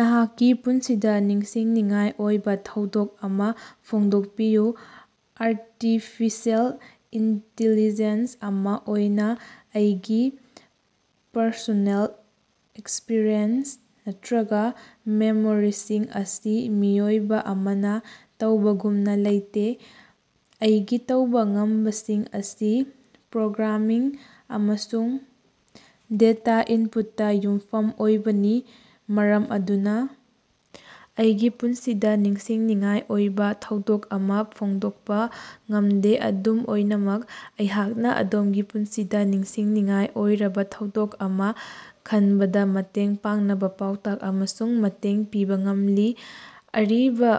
ꯅꯍꯥꯛꯀꯤ ꯄꯨꯟꯁꯤꯗ ꯅꯤꯡꯁꯤꯡꯅꯤꯡꯉꯥꯏ ꯑꯣꯏꯕ ꯊꯧꯗꯣꯛ ꯑꯃ ꯐꯣꯡꯗꯣꯛꯄꯤꯌꯨ꯫ ꯑꯔꯇꯤꯐꯤꯁꯦꯜ ꯏꯟꯇꯤꯂꯤꯖꯦꯟꯁ ꯑꯃ ꯑꯣꯏꯅ ꯑꯩꯒꯤ ꯄꯔꯁꯣꯅꯦꯜ ꯑꯦꯛꯁꯄꯤꯔꯤꯌꯦꯟꯁ ꯅꯠꯇ꯭ꯔꯒ ꯃꯦꯃꯣꯔꯤꯁꯤꯡ ꯑꯁꯤ ꯃꯤꯑꯣꯏꯕ ꯑꯃꯅ ꯇꯧꯕꯒꯨꯝꯅ ꯂꯩꯇꯦ꯫ ꯑꯩꯒꯤ ꯇꯧꯕ ꯉꯝꯕꯁꯤꯡ ꯑꯁꯤ ꯄ꯭ꯔꯣꯒ꯭ꯔꯥꯃꯤꯡ ꯑꯃꯁꯨꯡ ꯗꯦꯇꯥ ꯏꯟꯄꯨꯠꯇꯥ ꯌꯨꯝꯐꯝ ꯑꯣꯏꯕꯅꯤ, ꯃꯔꯝ ꯑꯗꯨꯅ ꯑꯩꯒꯤ ꯄꯨꯟꯁꯤꯗ ꯅꯤꯡꯁꯤꯡꯅꯤꯡꯉꯥꯏ ꯑꯣꯏꯕ ꯊꯧꯗꯣꯛ ꯑꯃ ꯐꯣꯡꯗꯣꯛꯄ ꯉꯝꯗꯦ꯫ ꯑꯗꯨꯝ ꯑꯣꯏꯅꯃꯛ, ꯑꯩꯍꯥꯛꯅ ꯑꯗꯣꯝꯒꯤ ꯄꯨꯟꯁꯤꯗ ꯅꯤꯡꯁꯤꯡꯅꯤꯡꯉꯥꯏ ꯑꯣꯏꯔꯕ ꯊꯧꯗꯣꯛ ꯑꯃ ꯈꯟꯕꯗꯥ ꯃꯇꯦꯡ ꯄꯥꯡꯅꯕ ꯄꯥꯎꯇꯥꯛ ꯑꯃꯁꯨꯡ ꯃꯇꯦꯡ ꯄꯤꯕ ꯉꯝꯂꯤ꯫ "ꯑꯔꯤꯕꯥ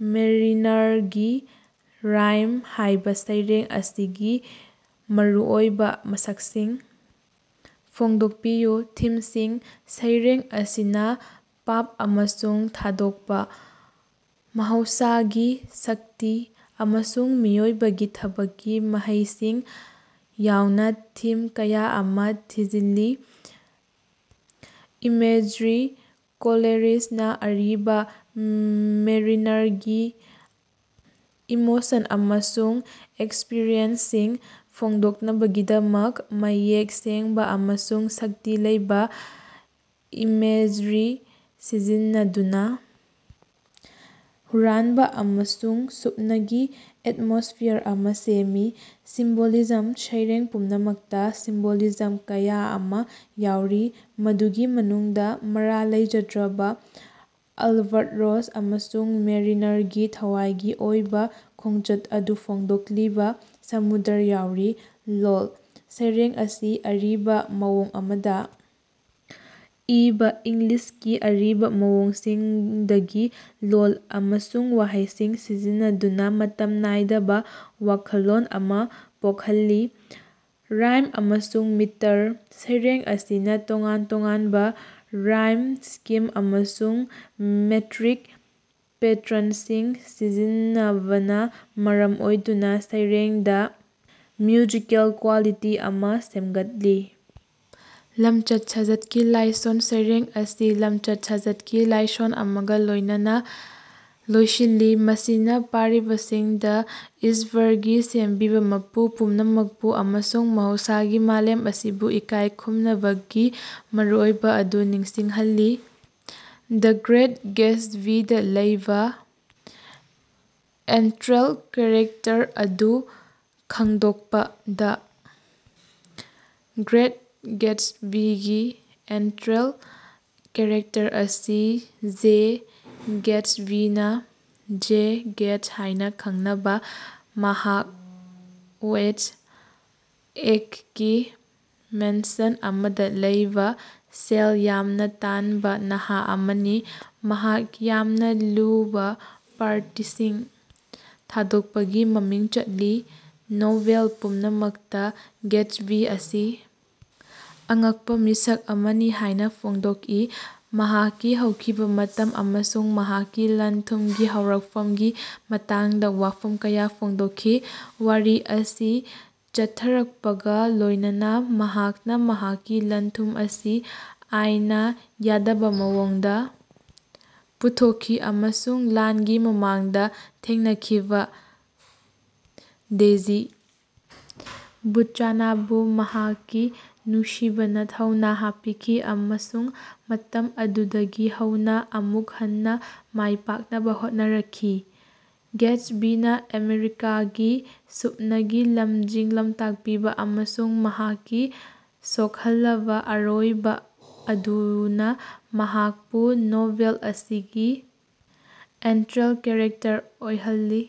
ꯃꯦꯔꯤꯅꯔꯒꯤ ꯔꯥꯏꯝ" ꯍꯥꯏꯕ ꯁꯩꯔꯦꯡ ꯑꯁꯤꯒꯤ ꯃꯔꯨꯑꯣꯏꯕ ꯃꯁꯛꯁꯤꯡ ꯐꯣꯡꯗꯣꯛꯄꯤꯌꯨ꯫ ꯊꯤꯝꯁꯤꯡ: ꯁꯩꯔꯦꯡ ꯑꯁꯤꯅ ꯄꯥꯞ ꯑꯃꯁꯨꯡ ꯊꯥꯗꯣꯛꯄ, ꯃꯍꯧꯁꯥꯒꯤ ꯁꯛꯇꯤ, ꯑꯃꯁꯨꯡ ꯃꯤꯑꯣꯏꯕꯒꯤ ꯊꯕꯛꯀꯤ ꯃꯍꯩꯁꯤꯡ ꯌꯥꯎꯅ ꯊꯤꯝ ꯀꯌꯥ ꯑꯃ ꯊꯤꯖꯤꯜꯂꯤ꯫ ꯏꯃꯦꯖꯔꯤ: ꯀꯣꯂꯦꯔꯤꯖꯅꯥ ꯑꯔꯤꯕ ꯃꯦꯔꯤꯅꯔꯒꯤ ꯏꯃꯣꯁꯟ ꯑꯃꯁꯨꯡ ꯑꯦꯛꯁꯄꯤꯔꯤꯌꯦꯟꯁꯁꯤꯡ ꯐꯣꯡꯗꯣꯛꯅꯕꯒꯤꯗꯃꯛ ꯃꯌꯦꯛ ꯁꯦꯡꯕ ꯑꯃꯁꯨꯡ ꯁꯛꯇꯤ ꯂꯩꯕ ꯏꯃꯦꯖꯔꯤ ꯁꯤꯖꯤꯟꯅꯗꯨꯅ ꯍꯨꯔꯥꯟꯕ ꯑꯃꯁꯨꯡ ꯁꯨꯞꯅꯒꯤ ꯑꯦꯠꯃꯣꯁꯐꯤꯌꯥꯔ ꯑꯃ ꯁꯦꯝꯃꯤ꯫ ꯁꯤꯝꯕꯣꯂꯤꯖꯝ: ꯁꯩꯔꯦꯡ ꯄꯨꯝꯅꯃꯛꯇꯥ ꯁꯤꯝꯕꯣꯂꯤꯖꯝ ꯀꯌꯥ ꯑꯃ ꯌꯥꯎꯔꯤ, ꯃꯗꯨꯒꯤ ꯃꯅꯨꯡꯗ ꯃꯔꯥꯜ ꯂꯩꯖꯗ꯭ꯔꯕꯥ ꯑꯜꯕꯠꯔꯣꯁ ꯑꯃꯁꯨꯡ ꯃꯦꯔꯤꯅꯔꯒꯤ ꯊꯋꯥꯏꯒꯤ ꯑꯣꯏꯕ ꯈꯣꯡꯆꯠ ꯑꯗꯨ ꯐꯣꯡꯗꯣꯛꯂꯤꯕ ꯁꯃꯨꯗ꯭ꯔ ꯌꯥꯎꯔꯤ꯫ ꯂꯣꯜ: ꯁꯩꯔꯦꯡ ꯑꯁꯤ ꯑꯔꯤꯕ ꯃꯑꯣꯡ ꯑꯃꯗ ꯏꯕꯥ, ꯏꯪꯂꯤꯁꯀꯤ ꯑꯔꯤꯕ ꯃꯑꯣꯡꯁꯤꯡꯗꯒꯤ ꯂꯣꯜ ꯑꯃꯁꯨꯡ ꯋꯥꯍꯩꯁꯤꯡ ꯁꯤꯖꯤꯟꯅꯗꯨꯅ ꯃꯇꯝ ꯅꯥꯏꯗꯕ ꯋꯥꯈꯜꯂꯣꯟ ꯑꯃ ꯄꯣꯛꯍꯜꯂꯤ꯫ ꯔꯥꯏꯝ ꯑꯃꯁꯨꯡ ꯃꯤꯇꯔ: ꯁꯩꯔꯦꯡ ꯑꯁꯤꯅ ꯇꯣꯉꯥꯟ ꯇꯣꯉꯥꯟꯕ ꯔꯥꯏꯝ ꯁ꯭ꯀꯤꯝ ꯑꯃꯁꯨꯡ ꯃꯦꯇ꯭ꯔꯤꯛ ꯄꯦꯇ꯭ꯔꯟꯁꯤꯡ ꯁꯤꯖꯤꯟꯅꯕꯅ ꯃꯔꯝ ꯑꯣꯏꯗꯨꯅ ꯁꯩꯔꯦꯡꯗ ꯃ꯭ꯌꯨꯖꯤꯀꯦꯜ ꯀ꯭ꯋꯥꯂꯤꯇꯤ ꯑꯃ ꯁꯦꯝꯒꯠꯂꯤ꯫ ꯂꯝꯆꯠ-ꯁꯥꯖꯠꯀꯤ ꯂꯥꯏꯁꯣꯟ: ꯁꯩꯔꯦꯡ ꯑꯁꯤ ꯂꯝꯆꯠ-ꯁꯥꯖꯠꯀꯤ ꯂꯥꯏꯁꯣꯟ ꯑꯃꯒ ꯂꯣꯏꯅꯅꯥ ꯂꯣꯏꯁꯤꯜꯂꯤ, ꯃꯁꯤꯅ ꯄꯥꯔꯤꯕꯁꯤꯡꯗ ꯏꯁꯕꯔꯒꯤ ꯁꯦꯝꯕꯤꯕꯥ ꯃꯄꯨ ꯄꯨꯝꯅꯃꯛꯄꯨ ꯑꯃꯁꯨꯡ ꯃꯍꯧꯁꯥꯒꯤ ꯃꯥꯂꯦꯝ ꯑꯁꯤꯕꯨ ꯏꯀꯥꯏ ꯈꯨꯝꯅꯕꯒꯤ ꯃꯔꯨꯑꯣꯏꯕ ꯑꯗꯨ ꯅꯤꯡꯁꯤꯡꯍꯜꯂꯤ꯫ ꯗ ꯒ꯭ꯔꯦꯠ ꯒꯦꯠꯁꯕꯤꯗꯥ ꯂꯩꯕ ꯁꯦꯟꯇ꯭ꯔꯦꯜ ꯀꯦꯔꯦꯛꯇꯔ ꯑꯗꯨ ꯈꯪꯗꯣꯛꯄꯥ꯫ ꯗ ꯒ꯭ꯔꯦꯠ ꯒꯦꯠꯁꯕꯤꯒꯤ ꯑꯦꯟꯇ꯭ꯔꯦꯜ ꯀꯦꯔꯦꯛꯇꯔ ꯑꯁꯤ ꯖꯦ ꯒꯦꯠꯁꯕꯤꯅꯤ꯫ ꯖꯦ ꯒꯦꯠꯁ ꯍꯥꯏꯅ ꯈꯪꯅꯕ ꯃꯍꯥꯛ ꯋꯦꯁꯠ ꯑꯦꯒꯀꯤ ꯃꯦꯟꯁꯟ ꯑꯃꯗ ꯂꯩꯕ ꯁꯦꯜ ꯌꯥꯝꯅ ꯇꯥꯟꯕ ꯅꯍꯥ ꯑꯃꯅꯤ, ꯃꯍꯥꯛ ꯌꯥꯝꯅ ꯂꯨꯕ ꯄꯥꯔꯇꯤꯁꯤꯡ ꯊꯥꯗꯣꯛꯄꯒꯤ ꯃꯃꯤꯡ ꯆꯠꯂꯤ꯫ ꯅꯣꯚꯦꯜ ꯄꯨꯝꯅꯃꯛꯇꯥ ꯒꯦꯠꯁꯕꯤ ꯑꯁꯤ ꯑꯉꯛꯄꯥ ꯃꯤꯁꯛ ꯑꯃꯅꯤ ꯍꯥꯏꯅ ꯐꯣꯡꯗꯣꯛꯏ, ꯃꯍꯥꯛꯀꯤ ꯍꯧꯈꯤꯕ ꯃꯇꯝ ꯑꯃꯁꯨꯡ ꯃꯍꯥꯛꯀꯤ ꯂꯟ-ꯊꯨꯝꯒꯤ ꯍꯧꯔꯛꯐꯝꯒꯤ ꯃꯇꯥꯡꯗ ꯋꯥꯐꯝ ꯀꯌꯥ ꯐꯣꯡꯗꯣꯛꯈꯤ꯫ ꯋꯥꯔꯤ ꯑꯁꯤ ꯆꯠꯊꯔꯛꯄꯒꯥ ꯂꯣꯏꯅꯅꯥ ꯃꯍꯥꯛꯅ ꯃꯍꯥꯛꯀꯤ ꯂꯟ-ꯊꯨꯝ ꯑꯁꯤ ꯑꯥꯏꯟꯅꯥ ꯌꯥꯗꯕ ꯃꯑꯣꯡꯗ ꯄꯨꯊꯣꯛꯈꯤ ꯑꯃꯁꯨꯡ ꯂꯥꯟꯒꯤ ꯃꯃꯥꯡꯗ ꯊꯦꯡꯅꯈꯤꯕ ꯗꯦꯖꯤ ꯕꯨꯆꯥꯟꯅꯕꯨ ꯃꯍꯥꯛꯀꯤ ꯅꯨꯡꯁꯤꯕꯅ ꯊꯧꯅꯥ ꯍꯥꯞꯄꯤꯈꯤ ꯑꯃꯁꯨꯡ ꯃꯇꯝ ꯑꯗꯨꯗꯒꯤ ꯍꯧꯅꯥ ꯑꯃꯨꯛ ꯍꯟꯅꯥ ꯃꯥꯏ ꯄꯥꯛꯅꯕ ꯍꯣꯠꯅꯔꯛꯈꯤ꯫ ꯒꯦꯠꯁꯕꯤꯅꯥ ꯑꯃꯦꯔꯤꯀꯥꯒꯤ ꯁꯨꯞꯅꯒꯤ ꯂꯝꯖꯤꯡ ꯂꯝꯇꯥꯛꯄꯤꯕ ꯑꯃꯁꯨꯡ ꯃꯍꯥꯛꯀꯤ ꯁꯣꯛꯍꯜꯂꯕꯥ ꯑꯔꯣꯏꯕ ꯑꯗꯨꯅ ꯃꯍꯥꯛꯄꯨ ꯅꯣꯚꯦꯜ ꯑꯁꯤꯒꯤ ꯑꯦꯟꯇ꯭ꯔꯦꯜ ꯀꯦꯔꯦꯛꯇꯔ ꯑꯣꯏꯍꯜꯂꯤ꯫